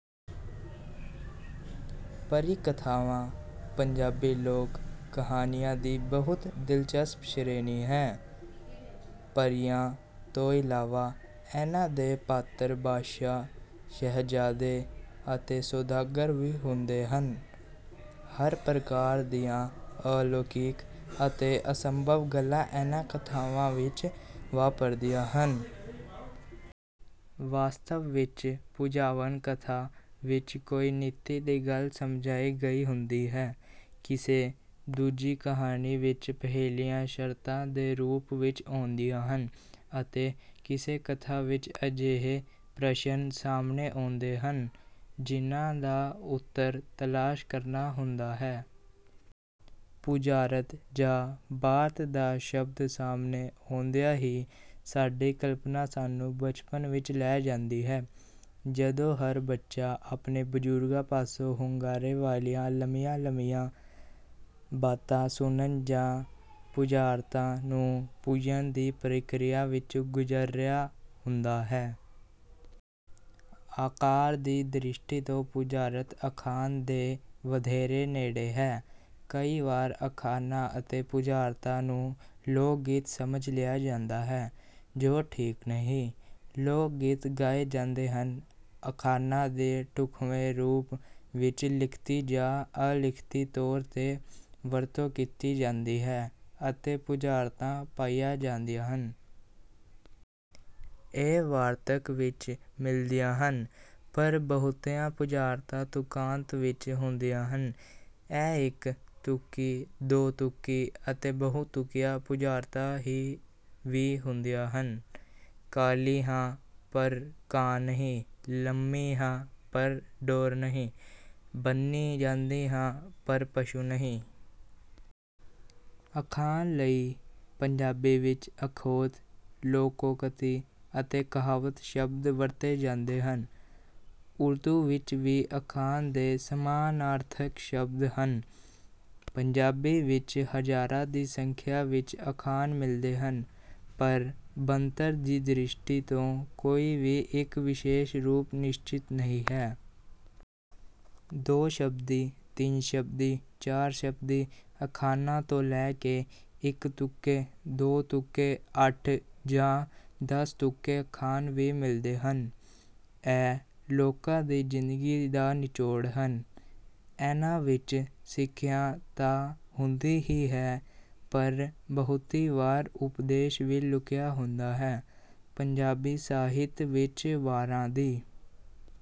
ਪਰੀ ਕਥਾਵਾਂ ਪੰਜਾਬੀ ਲੋਕ ਕਹਾਣੀਆਂ ਦੀ ਬਹੁਤ ਦਿਲਚਸਪ ਸ਼੍ਰੇਣੀ ਹੈ। ਪਰੀਆਂ ਤੋਂ ਇਲਾਵਾ ਇਨ੍ਹਾਂ ਦੇ ਪਾਤਰ ਬਾਦਸ਼ਾਹ, ਸ਼ਹਿਜ਼ਾਦੇ ਅਤੇ ਸੌਦਾਗਰ ਵੀ ਹੁੰਦੇ ਹਨ। ਹਰ ਪ੍ਰਕਾਰ ਦੀਆਂ ਅਲੌਕਿਕ ਅਤੇ ਅਸੰਭਵ ਗੱਲਾਂ ਇਨ੍ਹਾਂ ਕਥਾਵਾਂ ਵਿੱਚ ਵਾਪਰਦੀਆਂ ਹਨ। ਵਾਸਤਵ ਵਿੱਚ ਬੁਝਾਵਣ ਕਥਾ ਵਿੱਚ ਕੋਈ ਨੀਤੀ ਦੀ ਗੱਲ ਸਮਝਾਈ ਗਈ ਹੁੰਦੀ ਹੈ। ਕਿਸੇ ਦੂਜੀ ਕਹਾਣੀ ਵਿੱਚ ਪਹੇਲੀਆਂ ਸ਼ਰਤਾਂ ਦੇ ਰੂਪ ਵਿੱਚ ਆਉਂਦੀਆਂ ਹਨ ਅਤੇ ਕਿਸੇ ਕਥਾ ਵਿੱਚ ਅਜਿਹੇ ਪ੍ਰਸ਼ਨ ਸਾਹਮਣੇ ਆਉਂਦੇ ਹਨ, ਜਿਨ੍ਹਾਂ ਦਾ ਉੱਤਰ ਤਲਾਸ਼ ਕਰਨਾ ਹੁੰਦਾ ਹੈ। ਬੁਝਾਰਤ ਜਾਂ ਬਾਤ ਦਾ ਸ਼ਬਦ ਸਾਹਮਣੇ ਆਉਂਦਿਆਂ ਹੀ ਸਾਡੀ ਕਲਪਨਾ ਸਾਨੂੰ ਬਚਪਨ ਵਿੱਚ ਲੈ ਜਾਂਦੀ ਹੈ। ਜਦੋਂ ਹਰ ਬੱਚਾ ਆਪਣੇ ਬਜ਼ੁਰਗਾਂ ਪਾਸੋਂ ਹੁੰਗਾਰੇ ਵਾਲੀਆਂ ਲੰਮੀਆਂ-ਲੰਮੀਆਂ ਬਾਤਾਂ ਸੁਣਨ ਜਾਂ ਬੁਝਾਰਤਾਂ ਨੂੰ ਬੁੱਝਣ ਦੀ ਪ੍ਰਕਿਰਿਆ ਵਿੱਚੋਂ ਗੁਜ਼ਰਿਆ ਹੁੰਦਾ ਹੈ। ਆਕਾਰ ਦੀ ਦ੍ਰਿਸ਼ਟੀ ਤੋਂ ਬੁਝਾਰਤ ਅਖਾਣ ਦੇ ਵਧੇਰੇ ਨੇੜੇ ਹੈ। ਕਈ ਵਾਰ ਅਖਾਣਾਂ ਅਤੇ ਬੁਝਾਰਤਾਂ ਨੂੰ ਲੋਕ-ਗੀਤ ਸਮਝ ਲਿਆ ਜਾਂਦਾ ਹੈ, ਜੋ ਠੀਕ ਨਹੀਂ। ਲੋਕ-ਗੀਤ ਗਾਏ ਜਾਂਦੇ ਹਨ। ਅਖਾਣਾਂ ਦੀ ਢੁੱਕਵੇਂ ਰੂਪ ਵਿੱਚ ਲਿਖਤੀ ਜਾਂ ਅਲਿਖਤੀ ਤੌਰ ’ਤੇ ਵਰਤੋਂ ਕੀਤੀ ਜਾਂਦੀ ਹੈ ਅਤੇ ਬੁਝਾਰਤਾਂ ਪਾਈਆਂ ਜਾਂਦੀਆਂ ਹਨ। ਇਹ ਵਾਰਤਕ ਵਿੱਚ ਵੀ ਮਿਲਦੀਆਂ ਹਨ, ਪਰ ਬਹੁਤੀਆਂ ਬੁਝਾਰਤਾਂ ਤੁਕਾਂਤ ਵਿੱਚ ਹੁੰਦੀਆਂ ਹਨ। ਇਹ ਇੱਕ-ਤੁਕੀ, ਦੋ-ਤੁਕੀ ਅਤੇ ਬਹੁ-ਤੁਕੀਆਂ ਬੁਝਾਰਤਾਂ ਵੀ ਹੁੰਦੀਆਂ ਹਨ। ਕਾਲੀ ਹਾਂ ਪਰ ਕਾਂ ਨਹੀਂ, ਲੰਮੀ ਹਾਂ ਪਰ ਡੋਰ ਨਹੀਂ, ਬੰਨ੍ਹੀ ਜਾਂਦੀ ਹਾਂ ਪਰ ਪਸ਼ੂ ਨਹੀਂ। ਅਖਾਣ ਲਈ ਪੰਜਾਬੀ ਵਿੱਚ ਅਖੌਤ, ਲੋਕੋਕਤੀ ਅਤੇ ਕਹਾਵਤ ਸ਼ਬਦ ਵਰਤੇ ਜਾਂਦੇ ਹਨ। ਉਰਦੂ ਵਿੱਚ ਵੀ ਅਖਾਣ ਦ ਸਮਾਨਾਰਥਕ ਸ਼ਬਦ ਹਨ। ਪੰਜਾਬੀ ਵਿੱਚ ਹਜ਼ਾਰਾਂ ਦੀ ਸੰਖਿਆ ਵਿੱਚ ਅਖਾਣ ਮਿਲਦੇ ਹਨ, ਪਰ ਬਣਤਰ ਦੀ ਦ੍ਰਿਸ਼ਟੀ ਤੋਂ ਕੋਈ ਵੀ ਇੱਕ ਵਿਸ਼ੇਸ਼ ਰੂਪ ਨਿਸ਼ਚਿਤ ਨਹੀਂ ਹੈ। ਦੋ-ਸ਼ਬਦੀ, ਤਿੰਨ-ਸ਼ਬਦੀ, ਚਾਰ-ਸ਼ਬਦੀ ਅਖਾਣਾਂ ਤੋਂ ਲੈ ਕੇ ਇੱਕ-ਤੁਕੇ, ਦੋ-ਤੁਕੇ, ਅੱਠ ਜਾਂ ਦਸ-ਤੁਕੇ ਅਖਾਣ ਵੀ ਮਿਲਦੇ ਹਨ। ਇਹ ਲੋਕਾਂ ਦੀ ਜ਼ਿੰਦਗੀ ਦਾ ਨਿਚੋੜ ਹਨ। ਇਨ੍ਹਾਂ ਵਿੱਚ ਸਿੱਖਿਆ ਤਾਂ ਹੁੰਦੀ ਹੀ ਹੈ, ਪਰ ਬਹੁਤੀ ਵਾਰ ਉਪਦੇਸ਼ ਵੀ ਲੁਕਿਆ ਹੁੰਦਾ ਹੈ। ਪੰਜਾਬੀ ਸਾਹਿਤ ਵਿੱਚ ਵਾਰਾਂ ਦੀ…